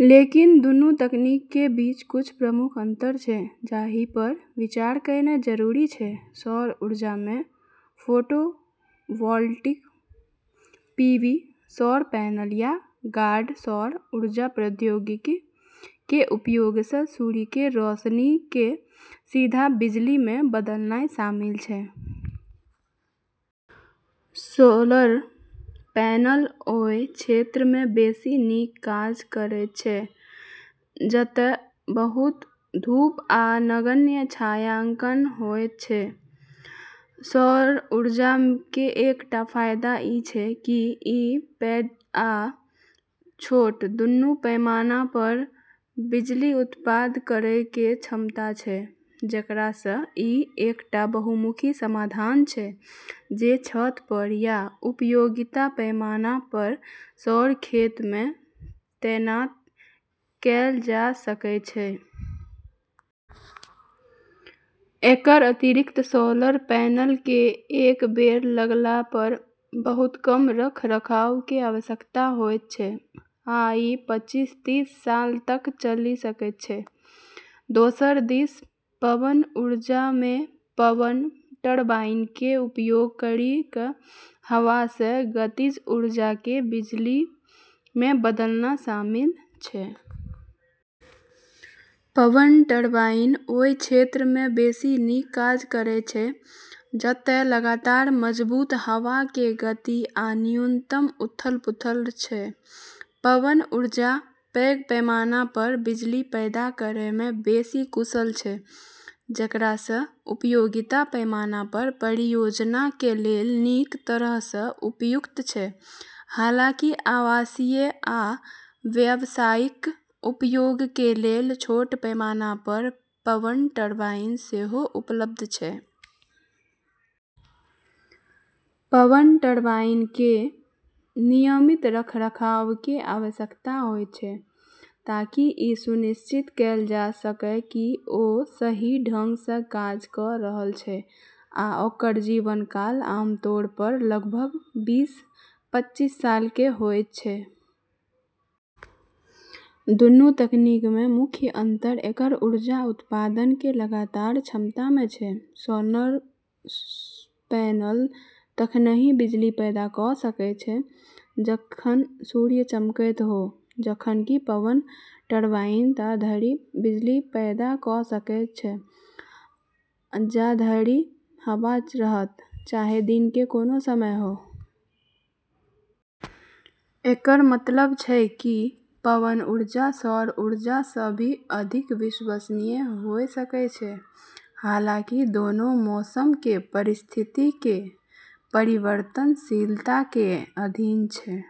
लेकिन, दूनू तकनीक के बीच कुछ प्रमुख अंतर छै जाहि पर विचार कयनाइ जरूरी छै। सौर ऊर्जा मे फोटोवोल्टिक (पीवी) सौर पैनल या गाढ़ सौर ऊर्जा प्रौद्योगिकी के उपयोग सँ सूर्य के रोशनी के सीधा बिजली मे बदलनाय शामिल छै। सोलर पैनल ओय क्षेत्र मे बेसि नीक काज करैत छै जतय बहुत धूप आ नगण्य छायांकन होयत छै। सौर ऊर्जा के एकटा फायदा ई छै की ई पैघ आ छोट दूनू पैमाना पर बिजली उत्पादन करय के क्षमता छै, जेकरा सं ई एकटा बहुमुखी समाधान छै जे छत पर या उपयोगिता पैमाना पर सौर खेत मे तैनात कैल जा सकय छै। एकर अतिरिक्त सोलर पैनल के एक बेर लगला पर बहुत कम रखरखाव के आवश्यकता होयत छै, आ ई पचीस-तीस साल तक चलि सकैत छै। दोसर दिस पवन ऊर्जा मे पवन टरबाइन के उपयोग करी कऽ हवा सँ गतिज ऊर्जा के बिजली मे बदलना शामिल छै। पवन टरबाइन ओय क्षेत्र मे बेसि नीक काज करैत छै जतय लगातार, मजबूत हवा के गति आ न्यूनतम उथल-पुथल छै। पवन ऊर्जा पैघ पैमाना पर बिजली पैदा करय मे बेसि कुशल छै, जेकरा सं उपयोगिता पैमाना पर परियोजना के लेल नीक तरह सं उपयुक्त छै, हालांकि आवासीय आ व्यावसायिक उपयोग के लेल छोट पैमाना पर पवन टरबाइन सेहो उपलब्ध छै। पवन टरबाइन के नियमित रखरखाव के आवश्यकता होयत छै, ताकि ई सुनिश्चित कैल जा सकय कि ओ सही ढंग सँ काज कऽ रहल छै, आ ओकर जीवन काल आमतौर पर लगभग बीस-पचीस साल के होइत छै। दूनू तकनीक मे मुख्य अंतर एकर ऊर्जा उत्पादन के लगातार क्षमता मे छै। सोलर पैनल तखनहि बिजली पैदा कऽ सकैत अछि जखन सूर्य चमकैत हो, जखन कि पवन टरबाइन ता धरि बिजली पैदा कऽ सकैत अछि जा धरि हवा रहत, चाहे दिन के कोनो समय हो। एकर मतलब छै कि पवन ऊर्जा सौर ऊर्जा सँ भी अधिक विश्वसनीय होय सकै छै, हालांकि दोनों मौसम के परिस्थिति के परिवर्तनशीलता के अधीन छै।